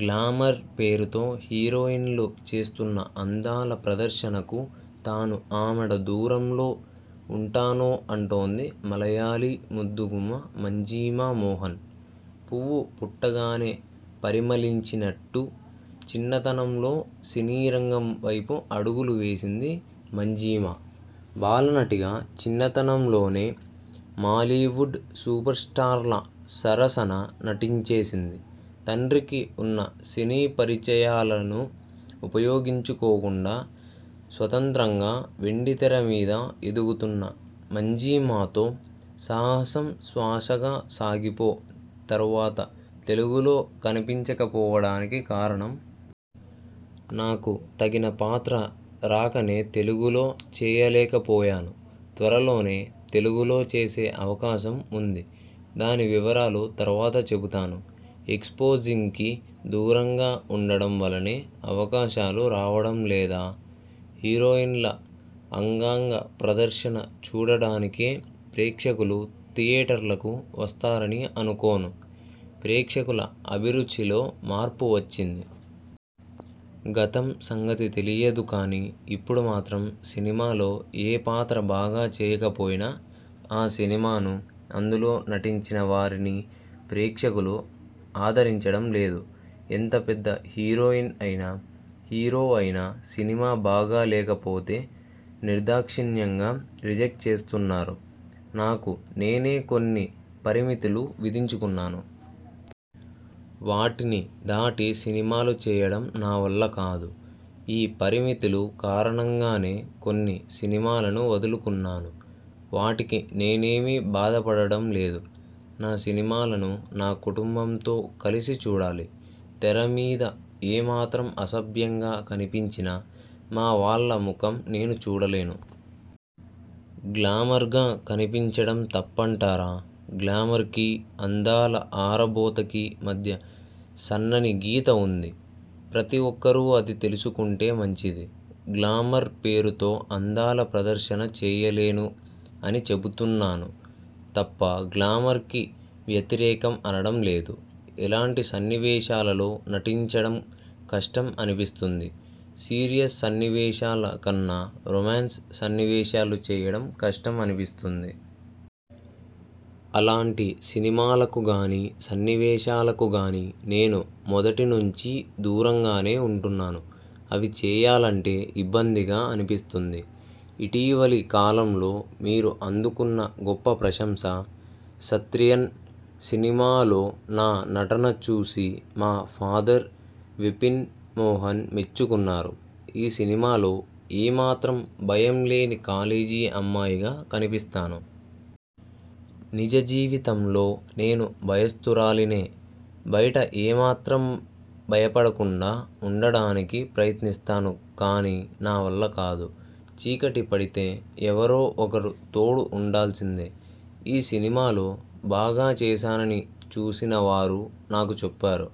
Glamour పేరుతో హీరోయిన్లు చేస్తున్న అందాల ప్రదర్శనకు తాను ఆమడదూరంలో ఉంటాను అంటోంది మలయాళీ ముద్దుగుమ్మ మంజీమా మోహన్. పువ్వు పుట్టగానే పరిమళించినట్టు చిన్నతనంలో సినీరంగం వైపు అడుగులు వేసింది మంజీమా. బాలనటిగా చిన్నతనంలోనే మాలీవుడ్ సూపర్స్టార్ల సరసన నటించేసింది. తండ్రికి ఉన్న సినీ పరిచయాలను ఉపయోగించుకోకుండా స్వతంత్రంగా వెండితెర మీద ఎదుగుతున్న మంజీమాతో 'సాహసం శ్వాసగా సాగిపో' తరువాత తెలుగులో కనిపించకపోవడానికి కారణం? నాకు తగిన పాత్ర రాకనే తెలుగులో చేయలేకపోయాను. త్వరలోనే తెలుగులో చేసే అవకాశం ఉంది. దాని వివరాలు తరువాత చెబుతాను. ఎక్స్పోజింగ్కి దూరంగా ఉండడం వలనే అవకాశాలు రావడం లేదా? హీరోయిన్ల అంగాంగ ప్రదర్శన చూడడానికే ప్రేక్షకులు థియేటర్లకు వస్తారని అనుకోను. ప్రేక్షకుల అభిరుచిలో మార్పు వచ్చింది. గతం సంగతి తెలియదు కానీ, ఇప్పుడు మాత్రం సినిమాలో ఏ పాత్ర బాగా చేయకపోయినా ఆ సినిమానూ, అందులో నటించిన వారిని ప్రేక్షకులు ఆదరించడం లేదు. ఎంత పెద్ద హీరోయిన్ అయినా, హీరో అయినా సినిమా బాగా లేకపోతే నిర్దాక్షిణ్యంగా రిజెక్ట్ చేస్తున్నారు. నాకు నేనే కొన్ని పరిమితులు విధించుకున్నాను. వాటిని దాటి సినిమాలు చేయడం నా వల్ల కాదు. ఈ పరిమితులు కారణంగానే కొన్ని సినిమాలను వదులుకున్నాను. వాటికి నేనేమీ బాధపడడం లేదు. నా సినిమాలను నా కుటుంబంతో కలిసి చూడాలి. తెర మీద ఏమాత్రం అసభ్యంగా కనిపించినా మా వాళ్ళ ముఖం నేను చూడలేను. గ్లామర్గా కనిపించడం తప్పంటారా? గ్లామర్కీ, అందాల ఆరబోతకి మధ్య సన్నని గీత ఉంది. ప్రతి ఒక్కరూ అది తెలుసుకుంటే మంచిది. గ్లామర్ పేరుతో అందాల ప్రదర్శన చేయలేను అని చెబుతున్నాను తప్ప గ్లామర్కి వ్యతిరేకం అనడం లేదు. ఎలాంటి సన్నివేశాలలో నటించడం కష్టం అనిపిస్తుంది? సీరియస్ సన్నివేశాల కన్నా రొమాన్స్ సన్నివేశాలు చేయడం కష్టం అనిపిస్తుంది. అలాంటి సినిమాలకు గానీ, సన్నివేశాలకు గానీ నేను మొదటి నుంచీ దూరంగానే ఉంటున్నాను. అవి చేయాలంటే ఇబ్బందిగా అనిపిస్తుంది. ఇటీవలి కాలంలో మీరు అందుకున్న గొప్ప ప్రశంస? 'సత్రియన్' సినిమాలో నా నటన చూసి మా ఫాదర్ విపిన్ మోహన్ మెచ్చుకున్నారు. ఈ సినిమాలో ఏమాత్రం భయం లేని కాలేజీ అమ్మాయిగా కనిపిస్తాను. నిజజీవితంలో నేను భయస్తురాలినే! బయట ఏమాత్రం భయపడకుండా ఉండడానికి ప్రయత్నిస్తాను కానీ నా వల్ల కాదు. చీకటి పడితే ఎవరో ఒకరు తోడు ఉండాల్సిందే! ఈ సినిమాలో బాగా చేసానని చూసిన వారు నాకు చెప్పారు.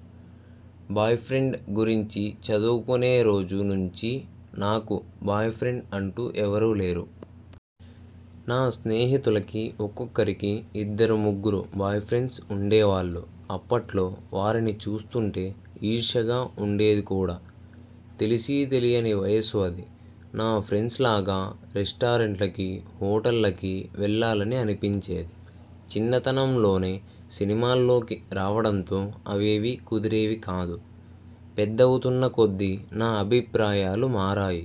బాయ్ఫ్రెండ్ గురించి చదువుకునే రోజు నుంచీ నాకు బాయ్ ఫ్రెండ్ అంటూ ఎవరూ లేరు. నా స్నేహితులకి ఒక్కొక్కరికి ఇద్దరు ముగ్గురు బాయ్ఫ్రెండ్స్ ఉండేవాళ్ళు. అప్పట్లో వారిని చూస్తుంటే ఈర్ష్యగా ఉండేది కూడా! తెలిసీ తెలియని వయస్సు అది. నా ఫ్రెండ్స్లాగా రెస్టారెంట్లకీ, హోటళ్ళకి వెళ్ళాలని అనిపించేది. చిన్నతనంలోనే సినిమాల్లోకి రావడంతో అవేవీ కుదిరేవి కాదు. పెద్దవుతున్నకొద్దీ నా అభిప్రాయాలు మారాయి.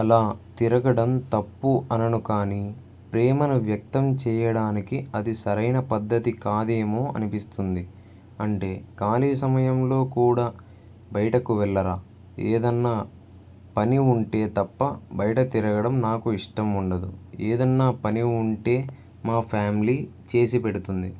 అలా తిరగడం తప్పు అనను కానీ, ప్రేమను వ్యక్తం చేయడానికి అది సరైన పద్ధతి కాదేమో అనిపిస్తుంది. అంటే ఖాళీ సమయంలో కూడా బయటకు వెళ్ళరా? ఏదన్నా పని ఉంటే తప్ప బయట తిరగడం నాకు ఇష్టం ఉండదు. ఏదన్నా పని ఉంటే మా ఫ్యామిలీ చేసిపెడుతుంది.